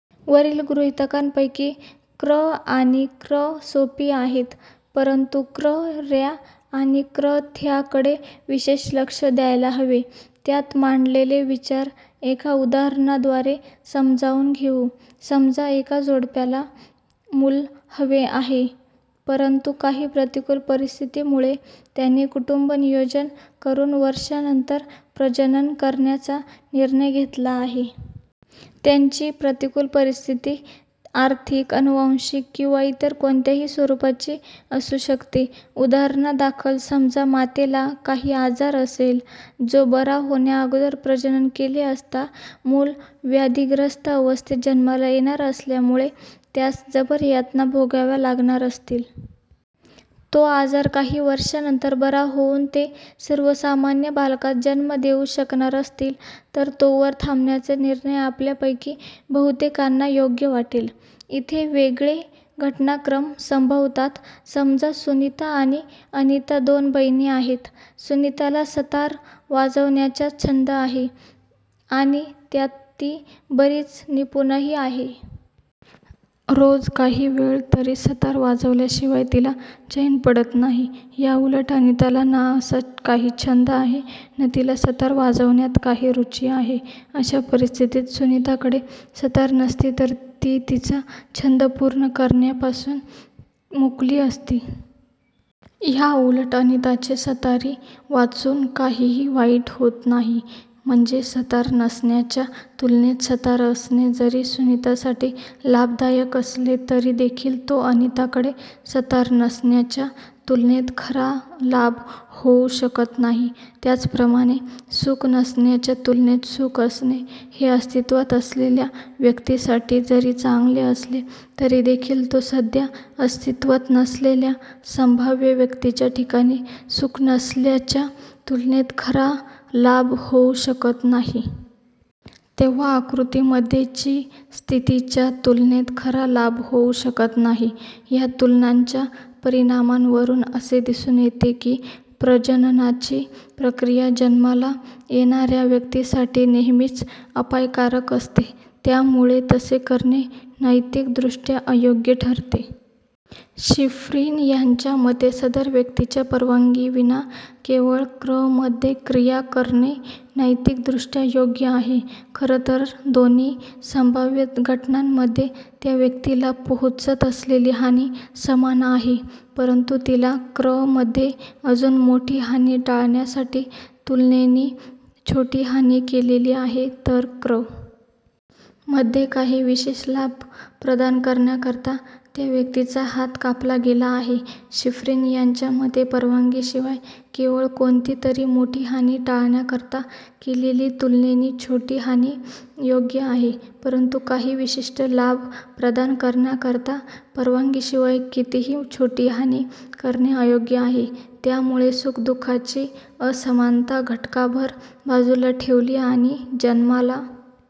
वरील गृहीतकांपैकी क्र. आणि क्र. सोपी आहेत परंतु क्र. ऱ्या आणि क्र. थ्या कडे विशेष लक्ष द्यायला हवे. त्यात मांडलेले विचार एका उदाहरणा द्वारे समजावून घेऊ. समजा एका जोडप्याला मुल हवे आहे, परंतु काही प्रतिकूल परिस्थितीमुळे त्यांनी कुटुंबनियोजन करून वर्षांनंतर प्रजनन करण्याचा निर्णय घेतला आहे. त्यांची प्रतिकुल परिस्थिती आर्थिक, अनुवंशिक किंवा इतर कोणत्याही स्वरूपाची असू शकते. उदाहरणा दाखल समजा मातेला काही आजार असेल जो बरा होण्या अगोदर प्रजनन केले असता मुल व्याधिग्रस्त अवस्थेत जन्माला येणार असल्यामुळे त्यास जबर यातना भोगाव्या लागणार असतील. तो आजार काही वर्षांनंतर बरा होऊन ते सर्वसामान्य बालकास जन्म देऊ शकणार असतील, तर तोवर थांबण्याचा निर्णय आपल्यापैकी बहुतेकांना योग्य वाटेल. इथे वेगळे घटनाक्रम संभवतात -समजा सुनीता आणि अनिता दोन बहिणी आहेत. सुनीताला सतार वाजवण्याच्या छंद आहे आणि त्यात ती बरीच निपुणही आहे. रोज काही वेळ तरी सतार वाजवल्या शिवाय तिला चैन पडत नाही. ह्या उलट अनिताला ना असा काही छंद आहे न तिला सतार वाजवण्यात काही रुची आहे. अश्या परिस्थितीत सुनिताकडे सतार नसती तर ती तिचा छंद पूर्ण कारण्यापासून मुकली असती. ह्या उलट अनिताचे सतारी वाचून काहीही वाईट होत नाही. म्हणजे सतार नसण्याच्या तुलनेत सतार असणे जरी सुनीतासाठी लाभदायक असले तरी देखील तो अनिताकडे सतार नसण्याच्या तुलनेत खरा लाभ होऊ शकत नाही. त्याच प्रमाणे सुख नसण्याच्या तुलनेत सुख असणे हे अस्तित्वात असलेल्या व्यक्तीसाठी जरी चांगले असले तरी देखील तो सध्या अस्तित्वात नसलेल्या संभाव्य व्यक्तीच्या ठिकाणी सुख नसल्याच्या तुलनेत खरा लाभ होऊ शकत नाही. तेंव्हा आकृती मध्ये ची स्थिती च्या तुलनेत खरा लाभ होऊ शकत नाही. ह्या तुलनांच्या परिणामांवरून असे दिसून येते की प्रजननाची प्रक्रिया जन्माला येणाऱ्या व्यक्तीसाठी नेहेमीच अपायकारक असते. त्यामुळे तसे करणे नैतिक दृष्ट्या अयोग्य ठरते. शिफ्रीन ह्यांच्या मते सदर व्यक्तीच्या परवानगीविना केवळ क्र. मध्ये क्रिया करणे नैतिक दृष्ट्या योग्य आहे. खरं तर दोन्ही संभाव्य घटनांमध्ये त्या व्यक्तीला पोहोचत असलेली हानी समान आहे. परंतु तिला क्र. मध्ये अजून मोठी हानी टाळण्यासाठी तुलनेनी छोटी हानी केलेली आहे तर क्र. मध्ये काही विशेष लाभ प्रदान करण्याकरता त्या व्यक्तीचा हात कापला गेला आहे. शिफ्रीन ह्यांच्या मते परवानगीशिवाय केवळ कोणतीतरी मोठी हानी टाळण्याकरता केलेली तुलनेनी छोटी हानी योग्य आहे परंतु काही विशिष्ट लाभ प्रदान करण्याकरता परवानगीशिवाय कितीही छोटी हानी करणे अयोग्य आहे. त्यामुळे सुख-दुःखाची असमानता घटकाभर बाजूला ठेवली आणि जन्माला